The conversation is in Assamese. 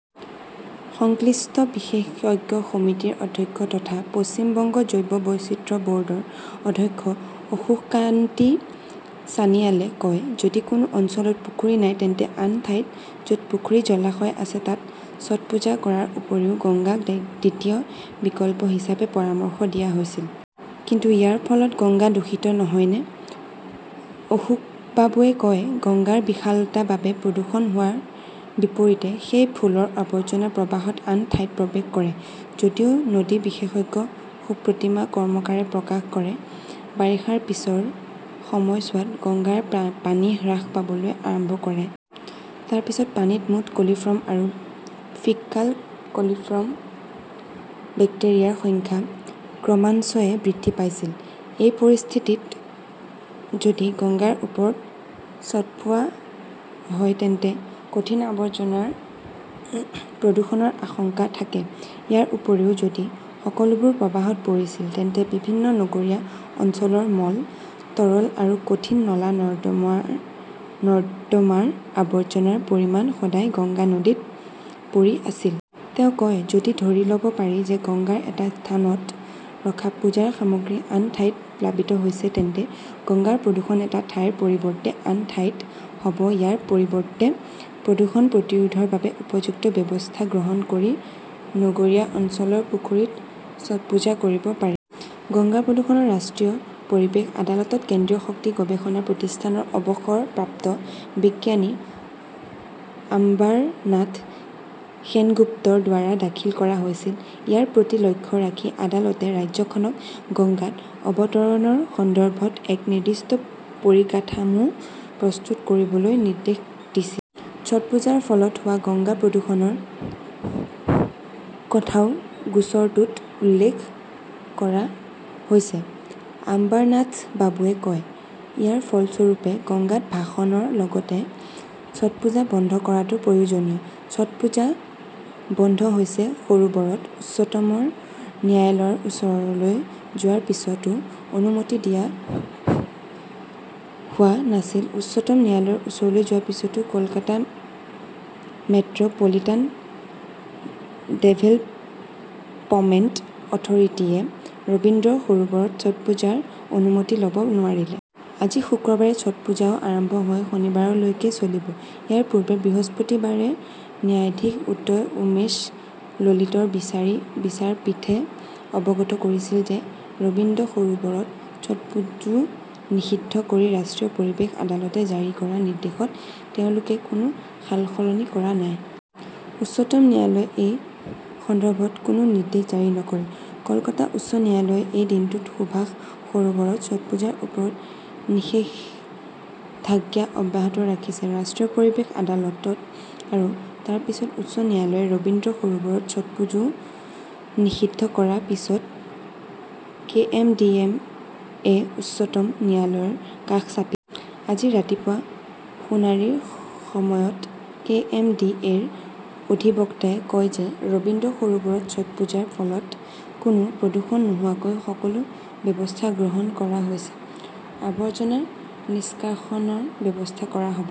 সংশ্লিষ্ট বিশেষজ্ঞ সমিতিৰ অধ্যক্ষ তথা পশ্চিম বংগ জৈৱ বৈচিত্ৰ্য বৰ্ডৰ অধ্যক্ষ অশোককান্তি ছানিয়ালে কয়, যদি কোনো অঞ্চলত পুখুৰী নাই, তেন্তে আন ঠাইত যত পুখুৰী-জলাশয় আছে তাত ছট পূজা কৰাৰ উপৰিও গংগাক দ্বিতীয় বিকল্প হিচাপে পৰামৰ্শ দিয়া হৈছিল। কিন্তু ইয়াৰ ফলত গংগা দূষিত নহয়নে? অশোকবাবুৱে কয়, গংগাৰ বিশালতাৰ বাবে প্ৰদূষণ হোৱাৰ বিপৰীতে সেই ফুলৰ আৱৰ্জনা প্ৰবাহত আন ঠাইত প্ৰৱেশ কৰে। যদিও নদী বিশেষজ্ঞ সুপ্ৰতীমা কৰ্মকাৰে প্ৰকাশ কৰে, বাৰিষাৰ পিছৰ সময়ছোৱাত গংগাৰ পানী হ্ৰাস পাবলৈ আৰম্ভ কৰে। তাৰ পিছত পানীত মুঠ কলিফৰ্ম আৰু ফিক্কাল কলিফৰ্ম বেক্টেৰিয়াৰ সংখ্যা ক্ৰমাঞ্চয়ে বৃদ্ধি পাইছিল। এই পৰিস্থিতিত যদি গংগাৰ ওপৰত ছটপোৱা হয় তেন্তে কঠিন আৱৰ্জনাৰ প্ৰদূষণৰ আশংকা থাকে। ইয়াৰ উপৰিও, যদি সকলোবোৰ প্ৰবাহত পৰিছিল, তেন্তে বিভিন্ন নগৰীয়া অঞ্চলৰ মল, তৰল আৰু কঠিন নলা-নৰ্দমাৰ আৱৰ্জনাৰ পৰিমাণ সদায় গংগা নদীত পৰি আছিল। তেওঁ কয়, যদি ধৰি লব পাৰি যে গংগাৰ এটা স্থানত ৰখা পূজাৰ সামগ্ৰী আন ঠাইত প্লাবিত হৈছে, তেন্তে গংগাৰ প্ৰদূষণ এটা ঠাইৰ পৰিৱৰ্তে আন ঠাইত হব। ইয়াৰ পৰিৱৰ্তে প্ৰদূষণ প্ৰতিৰোধৰ বাবে উপযুক্ত ব্যৱস্থা গ্ৰহণ কৰি নগৰীয়া অঞ্চলৰ পুখুৰীত ছটপুজা কৰিব পাৰি। গংগা প্ৰদূষণৰ ৰাষ্ট্ৰীয় পৰিৱেশ আদালতত কেন্দ্ৰীয় শক্তি গৱেষণা প্ৰতিষ্ঠানৰ অৱসৰপ্ৰাপ্ত বিজ্ঞানী আম্বাৰনাথ সেনগুপ্তৰ দ্বাৰা দাখিল কৰা হৈছিল। ইয়াৰ প্ৰতি লক্ষ্য ৰাখি আদালতে ৰাজ্যখনক গঙ্গাত অৱতৰণৰ সন্দৰ্ভত এক নিৰ্দিষ্ট পৰিকাঠামো প্ৰস্তুত কৰিবলৈ নিৰ্দেশ দিছিল। ছটপূজাৰ ফলত হোৱা গংগা প্ৰদূষণৰ কথাও গোচৰটোত উল্লেখ কৰা হৈছে, আম্বাৰনাথবাবুৱে কয়। ইয়াৰ ফলস্বৰূপে গঙ্গাত ভাসনৰ লগতে ছটপূজা বন্ধ কৰাটো প্ৰয়োজনীয়। ছাট বন্ধ হৈছে সৰোবৰত। উচ্চতম ন্যায়ালয়ৰ ওচৰলৈ যোৱাৰ পিছতো অনুমতি দিয়া হোৱা নাছিল ।উচ্চতম ন্যায়ালয়ৰ ওচৰলৈ যোৱাৰ পিছতো Kolkata 'metropolitan development authority য়ে ৰবীন্দ্ৰ সৰোবৰত ছটপূজাৰ অনুমতি ল' ব নোৱাৰিলে। আজি শুক্ৰবাৰে ছটপুজো আৰম্ভ হয়। শনিবাৰলৈকে চলিব। ইয়াৰ পূৰ্বে বৃহস্পতিবাৰে ন্যায়াধীশ উদয় উমেশ ললিতৰ বিচাৰপীঠে অৱগত কৰিছিল যে ৰবীন্দ্ৰ সৰোবৰত ছটপুজো নিষিদ্ধ কৰি ৰাষ্ট্ৰীয় পৰিৱেশ আদালতে জাৰি কৰা নিৰ্দেশত তেওঁলোকে কোনো সালসলনি কৰা নাই। উচ্চতম ন্যায়ালয়ে এই সন্দৰ্ভত কোনো নিৰ্দেশ জাৰি নকৰে। কলকাতা উচ্চ ন্যায়ালয়ে এই দিনটোত সুভাষ সৰোবৰত ছটপুজাৰ ওপৰত নিষেধাজ্ঞা অব্যাহত ৰাখিছে। ৰাষ্ট্ৰীয় পৰিৱেশ আদালত আৰু তাৰ পিছত উচ্চ ন্যায়ালয়ে ৰবীন্দ্ৰ সৰোবৰত ছটপুজো নিষিদ্ধ কৰাৰ পিছত কেএমডিএ-য়ে উচ্চতম ন্যায়ালয়ৰ কাষ চাপি-- আজি ৰাতিপুৱা শুনানিৰ সময়ত কে. এম. ডি. এ. -ৰ অধিবক্তাই কয় যে ৰবীন্দ্ৰ সৰোবৰত ছটপুজাৰ ফলত কোনো প্ৰদূষণ নোহোৱাকৈ সকলো ব্যৱস্থা গ্ৰহণ কৰা হৈছে। আৱৰ্জনা নিষ্কাশনৰ ব্যৱস্থা কৰা হব।